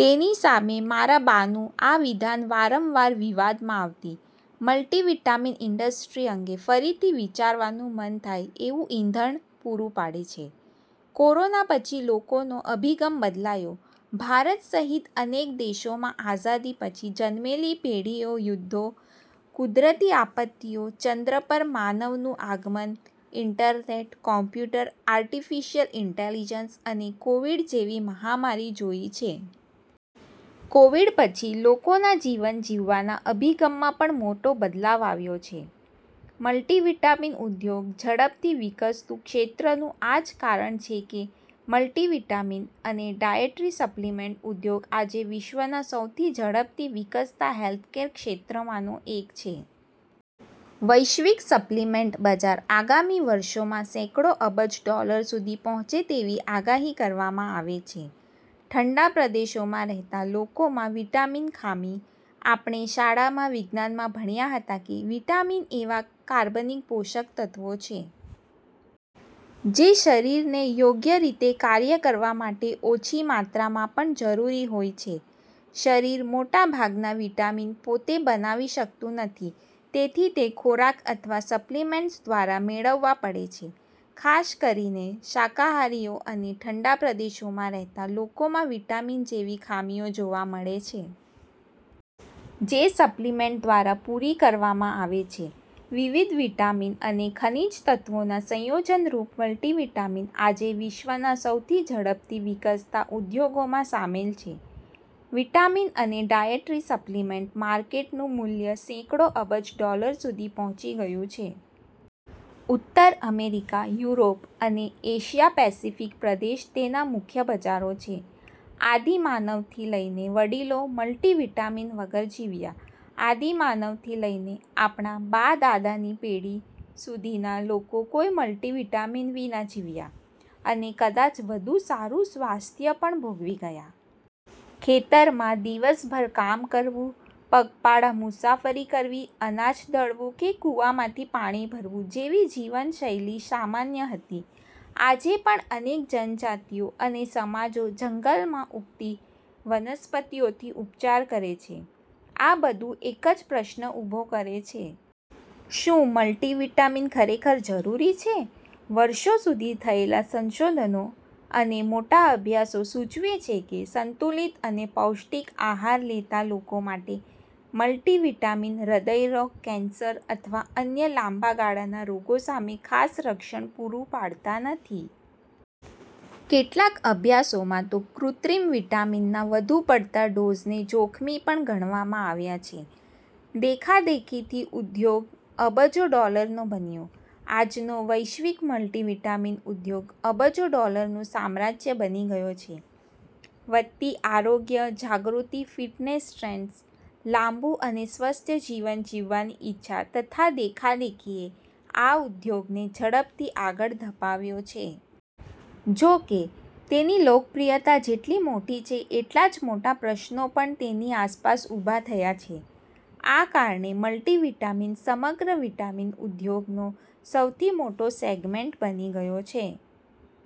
તેની સામે મારા બાનું આ વિધાન વારંવાર વિવાદમાં આવતી. મલ્ટિવિટામીન ઇન્ડસ્ટ્રી અંગે ફરીથી વિચારવાનું મન થાય એવું ઇંધણ પૂરું પાડે છે. કોરોના પછી લોકોનો અભિગમ બદલાયો. ભારત સહિત અનેક દેશોમાં આઝાદી પછી જન્મેલી પેઢીએ યુદ્ધો, કુદરતી આપત્તિઓ, ચંદ્ર પર માનવનું આગમન, ઇન્ટરનેટ, કોમ્પ્યુટર, આર્ટિફિશિયલ ઇન્ટેલિજન્સ અને કોવિડ જેવી મહામારી જોઇ છે. કોવિડ પછી લોકોના જીવન જીવવાના અભિગમમાં પણ મોટો બદલાવ આવ્યો છે. મલ્ટિવિટામીન ઉદ્યોગ ઝડપથી વિકસતું ક્ષેત્રનું આ જ કારણ છે કે મલ્ટિવિટામીન અને ડાયટરી સપ્લિમેન્ટ ઉદ્યોગ આજે વિશ્વના સૌથી ઝડપથી વિકસતા હેલ્થકેર ક્ષેત્રોમાંનો એક છે. વૈશ્વિક સપ્લિમેન્ટ બજાર આગામી વર્ષોમાં સેંકડો અબજ ડોલર સુધી પહોંચે તેવી આગાહી કરવામાં આવે છે. ઠંડા પ્રદેશોમાં રહેતા લોકોમાં વિટામીન ખામી. આપણે શાળામાં વિજ્ઞાનમાં ભણ્યા હતા કે વિટામિન એવા કાર્બનિક પોષક તત્વો છે. જે શરીરને યોગ્ય રીતે કાર્ય કરવા માટે ઓછી માત્રામાં પણ જરૂરી હોય છે. શરીર મોટાભાગના વિટામિન પોતે બનાવી શકતું નથી, તેથી તે ખોરાક અથવા સપ્લિમેન્ટ્સ દ્વારા મેળવવા પડે છે. ખાસ કરીને શાકાહારીઓ અને ઠંડા પ્રદેશોમાં રહેતા લોકોમાં વિટામિન જેવી ખામીઓ જોવા મળે છે. જે સપ્લિમેન્ટ દ્વારા પૂરી કરવામાં આવે છે. વિવિધ વિટામિન અને ખનિજ તત્વોના સંયોજનરૂપ મલ્ટિવિટામીન આજે વિશ્વના સૌથી ઝડપથી વિકસતા ઉદ્યોગોમાં સામેલ છે. વિટામિન અને ડાયટરી સપ્લિમેન્ટ માર્કેટનું મૂલ્ય સેંકડો અબજ ડોલર સુધી પહોંચી ગયું છે. ઉત્તર અમેરિકા, યુરોપ અને એશિયા-પેસિફિક પ્રદેશ તેના મુખ્ય બજારો છે. આદિમાનવથી લઇને વડીલો મલ્ટિવિટામીન વગર જીવ્યા, આદિમાનવથી લઈને આપણા બા-દાદાની પેઢી સુધીના લોકો કોઈ મલ્ટિવિટામીન વિના જીવ્યા, અને કદાચ વધુ સારું સ્વાસ્થ્ય પણ ભોગવી ગયા. ખેતરમાં દિવસભર કામ કરવું, પગપાળા મુસાફરી કરવી, અનાજ દળવું કે કૂવામાંથી પાણી ભરવું જેવી જીવનશૈલી સામાન્ય હતી. આજે પણ અનેક જનજાતિઓ અને સમાજો જંગલમાં ઉગતી વનસ્પતિઓથી ઉપચાર કરે છે. આ બધું એક જ પ્રશ્ન ઊભો કરે છે. શું મલ્ટિવિટામીન ખરેખર જરૂરી છે? વર્ષો સુધી થયેલા સંશોધનો અને મોટા અભ્યાસો સૂચવે છે કે, સંતુલિત અને પૌષ્ટિક આહાર લેતા લોકો માટે મલ્ટિવિટામીન હૃદયરોગ, કેન્સર અથવા અન્ય લાંબા ગાળાના રોગો સામે ખાસ રક્ષણ પૂરું પાડતા નથી. કેટલાક અભ્યાસોમાં તો કૃત્રિમ વિટામિનના વધુ પડતા ડોઝને જોખમી પણ ગણાવવામાં આવ્યા છે. દેખાદેખીથી ઉદ્યોગ અબજો ડોલરનો બન્યો. આજનો વૈશ્વિક મલ્ટિવિટામીન ઉદ્યોગ અબજો ડોલરનું સામ્રાજ્ય બની ગયો છે. વધતી આરોગ્ય જાગૃતિ, ફિટનેસ ટ્રેન્ડ્સ, લાંબું અને સ્વસ્થ જીવન જીવવાની ઇચ્છા તથા દેખાદેખીએ આ ઉદ્યોગને ઝડપથી આગળ ધપાવ્યો છે. જોકે, તેની લોકપ્રિયતા જેટલી મોટી છે એટલા જ મોટા પ્રશ્નો પણ તેની આસપાસ ઉભા થયા છે. આ કારણે મલ્ટિવિટામીન સમગ્ર વિટામિન ઉદ્યોગનો સૌથી મોટો સેગમેન્ટ બની ગયો છે.